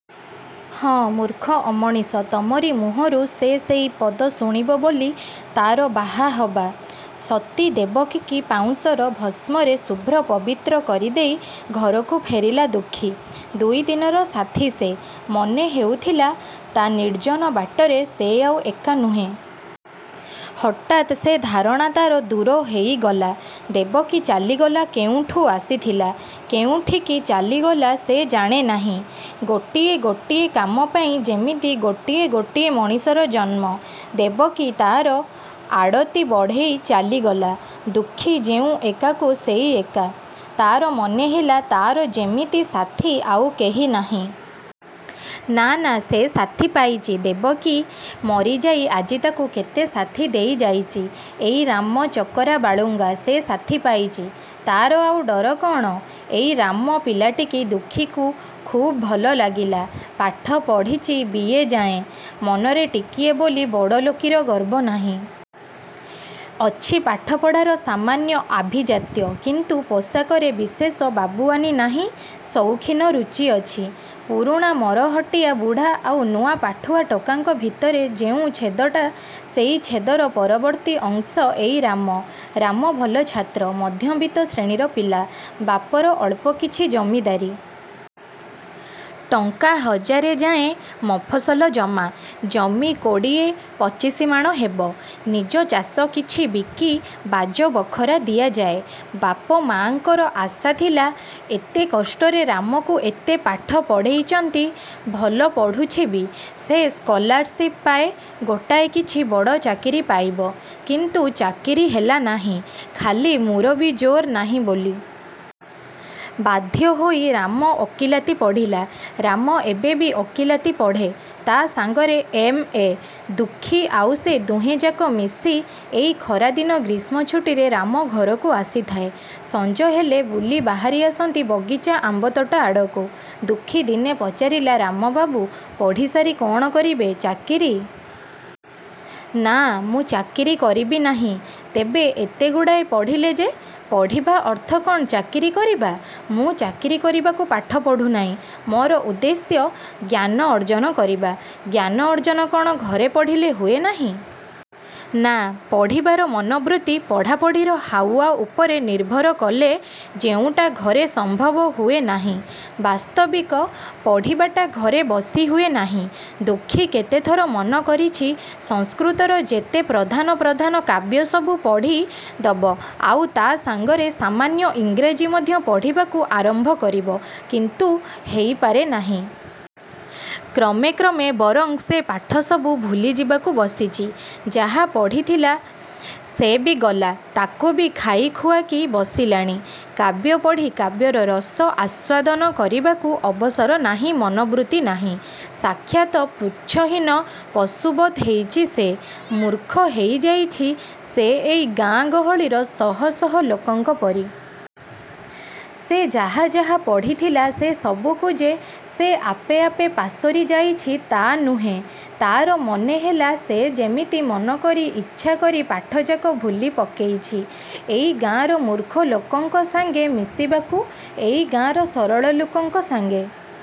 ହଁ, ମୂର୍ଖ ଅମଣିଷ–ତମରି ମୁହଁରୁ ସେ ସେଇ ପଦ ଶୁଣିବ ବୋଲି ତା'ର ବାହା ହବା। ସତୀ ଦେବକୀକି ପାଉଁଶର–ଭସ୍ମରେ ଶୁଭ୍ର ସବିତ୍ର କରି ଦେଇ ଘରକୁ ଫେରିଲା ଦୁଃଖୀ-। ଦୁଇଦିନର ସାଥୀ ସେ। ମନେ ହେଉଥିଲା, ତା' ନିର୍ଜନ ବାଟରେ ସେ ଆଉ ଏକା ନୁହେଁ। ହଠାତ ସେ ଧାରଣା ତା'ର ଦୂର ହେଇଗଲା। ଦେବକୀ ଚାଲିଗଲା–କେଉଁଠୁ ଆସିଥିଲା, କେଉଁଠିକି ଚାଲିଗଲା ସେ ଜାଣେ ନାହିଁ। ଗୋଟିଏ ଗୋଟିଏ କାମପାଇଁ ଯେମିତି ଗୋଟିଏ ଗୋଟିଏ ମଣିଷର ଜନ୍ମ। ଦେବକୀ ତା'ର ଆଡ଼ତି ବଢ଼େଇ ଚାଲିଗଲା। ଦୁଃଖୀ ଯେଉଁ ଏକାକୁ ସେଇ ଏକା-। ତା'ର ମନେ ହେଲା, ତା'ର ଯେମିତି ସାଥୀ ଆଉ କେହି ନାହିଁ। ନା–ନା–ସେ ସାଥୀ ପାଇଚି। ଦେବକୀ ମରିଯାଇ ଆଜି ତାକୁ କେତେ ସାଥୀ ଦେଇଯାଇଚି–ଏଇ ରାମ–ଚକରା–ବାଳୁଙ୍ଗା। ସେ ସାଥୀ ପାଇଚି। ତା'ର ଆଉ ଡର କ'ଣ? ଏଇ ରାମ ପିଲାଟିକି ଦୁଃଖୀକୁ ଖୁବ୍ ଭଲ ଲାଗିଲା। ପାଠ ପଢ଼ିଛି ବି. ଏ. ଯାଏଁ। ମନରେ ଟିକିଏ ବୋଲି ବଡ଼ଲୋକୀର ଗର୍ବ ନାହିଁ। ଅଛି ପାଠପଢ଼ାର ସାମାନ୍ୟ ଆଭିଜାତ୍ୟ। କିନ୍ତୁ ପୋଷାକରେ ବିଶେଷ ବାବୁଆନି ନାହିଁ–ସୌଖୀନ ରୁଚିଅଛି। ପୁରୁଣା ମରହଟ୍ଟିଆ ବୁଢ଼ା ଆଉ ନୂଆ ପାଠୁଆ ଟୋକାଙ୍କ ଭିତରେ ଯେଉଁ ଛେଦଟା ସେଇ ଛେଦର ପରବର୍ତ୍ତୀ ଅଂଶ ଏଇ ରାମ। ରାମ ଭଲ ଛାତ୍ର। ମଧ୍ୟବିତ୍ତ ଶ୍ରେଣୀର ପିଲା। ବାପର ଅଳ୍ପ କିଛି ଜମିଦାରୀ। ଟଙ୍କା ହଜାରେ ଯାଏଁ ମଫସଲ ଜମା। ଜମି କୋଡ଼ିଏ ପଚିଶମାଣ ହେବ। ନିଜଚାଷ କିଛି–ବାକି ବାଜ ବଖରା ଦିଆଯାଏ। ବାପ ମାଙ୍କର ଆଶାଥିଲା, ଏତେ କଷ୍ଟରେ ରାମକୁ ଏତେ ପାଠ ପଢ଼େଇଚନ୍ତି–ଭଲ ପଢ଼ୁଛିବି ସେ–ସ୍କଲାରଶିପ୍ ପାଏ–ଗୋଟାଏ କିଛି ବଡ଼ ଚାକିରି ପାଇବ। କିନ୍ତୁ ଚାକିରି ହେଲା ନାହିଁ–ଖାଲି ମୁରବି ଜୋର୍ ନାହିଁ ବୋଲି। ବାଧ୍ୟ ହୋଇ ରାମ ଓକିଲାତି ପଢ଼ିଲା। ରାମ ଏବେବି ଓକିଲାତି ପଢ଼େ। ତା' ସାଙ୍ଗରେ ଏମ୍. ଏ। ଦୁଃଖୀ ଆଉ ସେ ଦୁହେଁଯାକ ମିଶି–ଏଇ ଖରାଦିନ ଗ୍ରୀଷ୍ମ ଛୁଟିରେ ରାମ ଘରକୁ ଆସିଥାଏ–ସଞ୍ଜ ହେଲେ ବୁଲି ବାହାରି ଆସନ୍ତି ବଗିଚା–ଆମ୍ୱତୋଟା ଆଡ଼କୁ। ଦୁଃଖୀ ଦିନେ ପଚାରିଲା–''ରାମବାବୁ, ପଢ଼ିସାରି କ'ଣ କରିବେ–ଚାକିରି? '' ''ନା, ମୁଁ ଚାକିରି କରିବି ନାହିଁ। '' ''ତେବେ, ଏତେଗୁଡ଼ାଏ ପଢ଼ିଲେ ଯେ–'' ''ପଢ଼ିବା ଅର୍ଥ କ'ଣ ଚାକିରି କରିବା? ମୁଁ ଚାକିରି କରିବାକୁ ପାଠ ପଢ଼ୁ ନାହିଁ। ମୋର ଉଦ୍ଦେଶ୍ୟ ଜ୍ଞାନ ଅର୍ଜନ କରିବା। '' ''ଜ୍ଞାନ ଅର୍ଜନ କ'ଣ ଘରେ ପଢ଼ିଲେ ହୁଏ ନାହିଁ? '' ''ନା–ପଢ଼ିବାର ମନୋବୃତ୍ତି, ପଢ଼ାପଢ଼ିର ହାଉଆ ଉପରେ ନିର୍ଭର କଲେ–ଯେଉଁଟା ଘରେ ସମ୍ଭବ ହୁଏ ନାହିଁ। '' ବାସ୍ତବିକ ପଢ଼ିବାଟା ଘରେ ବସି ହୁଏ ନାହିଁ। ଦୁଃଖୀ କେତେଥର ମନ କରିଛି–ସଂସ୍କୃତର ଯେତେ ପ୍ରଧାନ ପ୍ରଧାନ କାବ୍ୟ ସବୁ ପଢ଼ି ଦବ ଆଉ ତା' ସାଙ୍ଗରେ ସାମାନ୍ୟ ଇଂରାଜୀ ମଧ୍ୟ ପଢ଼ିବାକୁ ଆରମ୍ଭ କରିବ–କିନ୍ତୁ ହେଇ ପାରେ ନାହିଁ। କ୍ରମେ କ୍ରମେ ବରଂ ସେ ପାଠ ସବୁ ଭୁଲିଯିବାକୁ ବସିଚି। ଯାହା ପଢ଼ିଥିଲା ସେ ବି ଗଲା–ତାକୁବି ଖାଇ ଖୁଆ କି ବସିଲାଣି। କାବ୍ୟ ପଢ଼ି କାବ୍ୟର ରସ ଆସ୍ୱାଦନ କରିବାକୁ ଅବସର ନାହିଁ–ମନୋବୃତ୍ତି ନାହିଁ। ସାକ୍ଷାତ ପୁଚ୍ଛହୀନ ପଶୁବତ୍ ହେଇଚି ସେ। ମୂର୍ଖ ହେଇଯାଇଛି ସେ ଏଇ ଗାଁ ଗହଳିର ଶହ ଶହ ଲୋକଙ୍କ ପରି। ସେ ଯାହା ଯାହା ପଢ଼ିଥିଲା, ସେ ସବୁକୁ ଯେ ସେ ଆପେ ଆପେ ପାସୋରି ଯାଇଛି, ତା' ନୁହେଁ–ତା'ର ମନେ ହେଲା, ସେ ଯେମିତି ମନ କରି, ଇଚ୍ଛା କରି ପାଠଯାକ ଭୁଲି ପକେଇଛି। ଏଇ ଗାଁର ମୂର୍ଖ ଲୋକଙ୍କ ସାଙ୍ଗେ ମିଶିବାକୁ, ଏଇ ଗାଁର ସରଳ ଲୋକଙ୍କ ସାଙ୍ଗେ